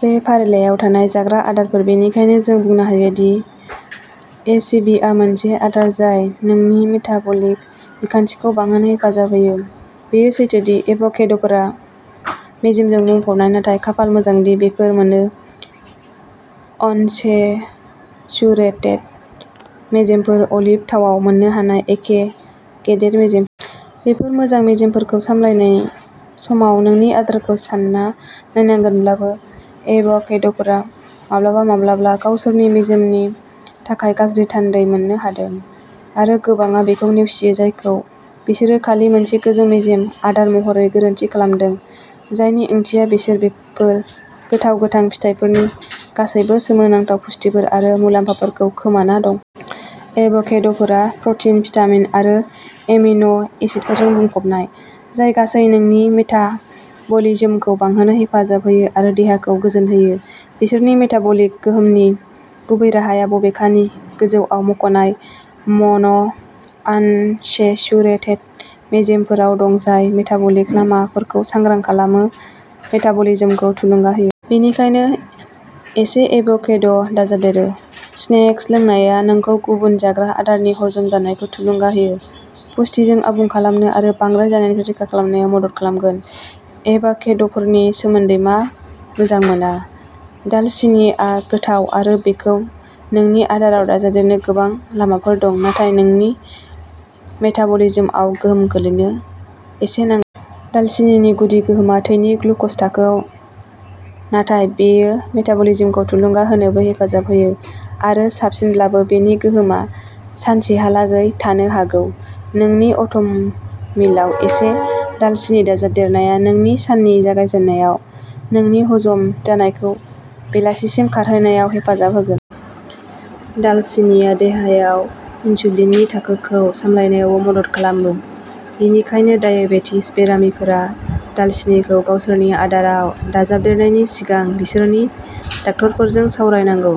बे फारिलाइयाव थानाय जाग्रा आदारफोर बेनिखायनो जों बुंनो हायो दि ए सि भि आ मोनसे आदार जाय नोंनि मेटाबलिक बिखान्थिखौ बांहोनो हेफाजाब होयो। बेयो सैथो दि एभ'केड'फोरा मेजेमजों बुंफबनाय, नाथाय खाफाल मोजां दि बेफोर मोनो अनसेचुरेटेड मेजेमफोर अलिभ थावाव मोन्नो हानाय एखे गेदेर मेजेम। बेफोर मोजां मेजेमफोरखौ सामलायनाय समाव नोंनि आदारखौ सानना नायनांगोनब्लाबो, एभ'केड'फोरा माब्लाबा माब्लाबा गावसोरनि मेजेमनि थाखाय गाज्रि थान्दै मोननो हादों आरो गोबांआ बेखौ नेवसियो जायखौ बिसोरो खालि मोनसे गोजौ मेजेम आदार महरै गोरोन्थि खालामदों, जायनि ओंथिया बिसोर बेफोर गोथाव गोथां फिथाइफोरनि गासैबो सोमोनांथाव पुष्टिफोर आरो मुलाम्फाफोरखौ खोमाना दं। एभ'केड'फोरा प्र'टिन, भिटामिन आरो एमिनो एसिडफोरजों बुंफबनाय, जाय गासै नोंनि मेटाबलिज्मखौ बांहोनो हेफाजाब होयो आरो देहाखौ गोजोनहोयो। बिसोरनि मेटाबलिक गोहोमनि गुबै राहाया बबेखानि गोजौआव मख'नाय मन'आनसेचुरेटेड मेजेमफोराव दं जाय मेटाबलिक लामाफोरखौ सांग्रां खालामो, मेटाबलिज्मखौ थुलुंगा होयो। बेनिखायनो, एसे एभ'केड' दाजाबदेरो। स्नेक्स लोंनाया नोंखौ गुबुन जाग्रा आदारफोरनि हजम जानायखौ थुलुंगा होनो, पुष्टिजों आबुं खालामनो आरो बांद्राय जानायनिफ्राय रैखा खालामनायाव मदद खालामगोन। एभकाड'फोरनि सोमोन्दै मा मोजां मोना? दालसिनिआ गोथाव आरो बेखौ नोंनि आदाराव दाजाबदेरनो गोबां लामाफोर दं, नाथाय नोंनि मेटाबलिज्मआव गोहोम खोख्लैनो एसे नां दालसिनिनि गुदि गोहोमा थैनि ग्लुकज थाखोआव, नाथाय बेयो मेटाबलिज्मखौ थुलुंगा होनोबो हेफाजाब होयो आरो साबसिनब्लाबो, बेनि गोहोमा सानसेहालागै थानो हागौ। नोंनि अ'टमिलाव एसे दालसिनि दाजाबदेरनाया, नोंनि साननि जागायजेन्नायाव, नोंनि हजम जानायखौ बेलासिसिम खारहोनायाव हेफाजाब होगोन। दालसिनिआ देहायाव इनसुलिननि थाखोखौ सामलायनायावबो मदद खालामो, बेनिखायनो डायबेटिस बेरामिफोरा दालसिनिखौ गावसोरनि आदाराव दाजाबदेरनायनि सिगां बिसोरनि डाक्टारफोरजों सावरायनांगौ।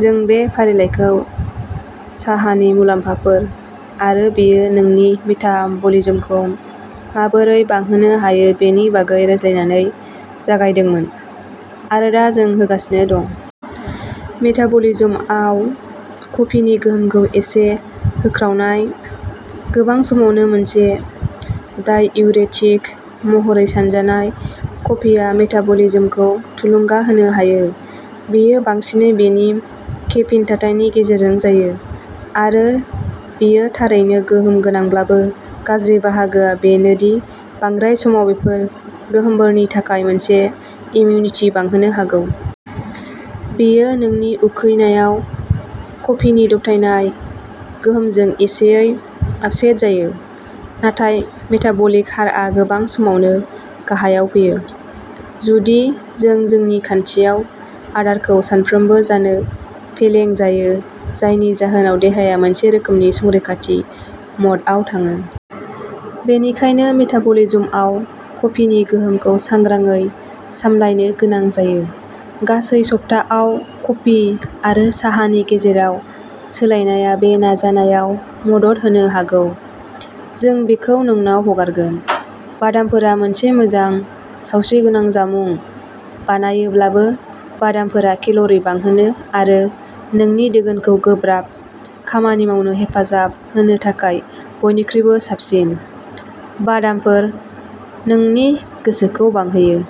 जों बे फारिलाइखौ साहानि मुलाम्फाफोर आरो बेयो नोंनि मेटाबलिज्मखौ माबोरै बांहोनो हायो बेनि बागै रायज्लायनानै जागायदोंमोन, आरो दा जों होगासिनो दं। मेटाबलिज्मआव कफिनि गोहोमखौ मोनसे होख्रावनाय। गोबां समावनो मोनसे डाइउरेटिक महरै सानजानाय, कफिआ मेटाबलिज्मखौ थुलुंगा होनो हायो। बेयो बांसिनै बेनि केफिन थाथायनि गेजेरजों जायो, आरो बेयो थारैनो गोहोम गोनांब्लाबो गाज्रि बाहागोआ बेनो दि बांद्राय समाव बेफोर गोहोमफोरनि थाखाय मोनसे इमिउनिटि बांहोनो हागौ। बेयो नोंनि उखैनायाव कफिनि दबथायनाय गोहोमजों एसेयै आफसेट जायो, नाथाय मेटाबलिक हारआ गोबां समावनो गाहायाव फैयो जुदि जों जोंनि खान्थियाव आदारखौ सानफ्रोमबो जानो फेलें जायो जायनि जाहोनाव देहाया मोनसे रोखोमनि संरैखाथि म'डआव थाङो। बेनिखायनो मेटाबलिज्मआव कफिनि गोहोमखौ सांग्रांयै सामलायनो गोनां जायो। गासै सप्ताआव कफि आरो साहानि गेजेराव सोलायनाया बे नाजानायाव मदद होनो हागौ जों बेखौ नोंनाव हगारगोन। बादामफोरा मोनसे मोजां, सावस्रिगोनां जामुं बानायोब्लाबो, बादामफोरा केल'रि बांहोनो आरो नोंनि दोगोनखौ गोब्राब खामानि मावनो हेफाजाब होनो थाखाय बयनिख्रुइ साबसिन बादामफोर, नोंनि गोसोखौ बांहोयो।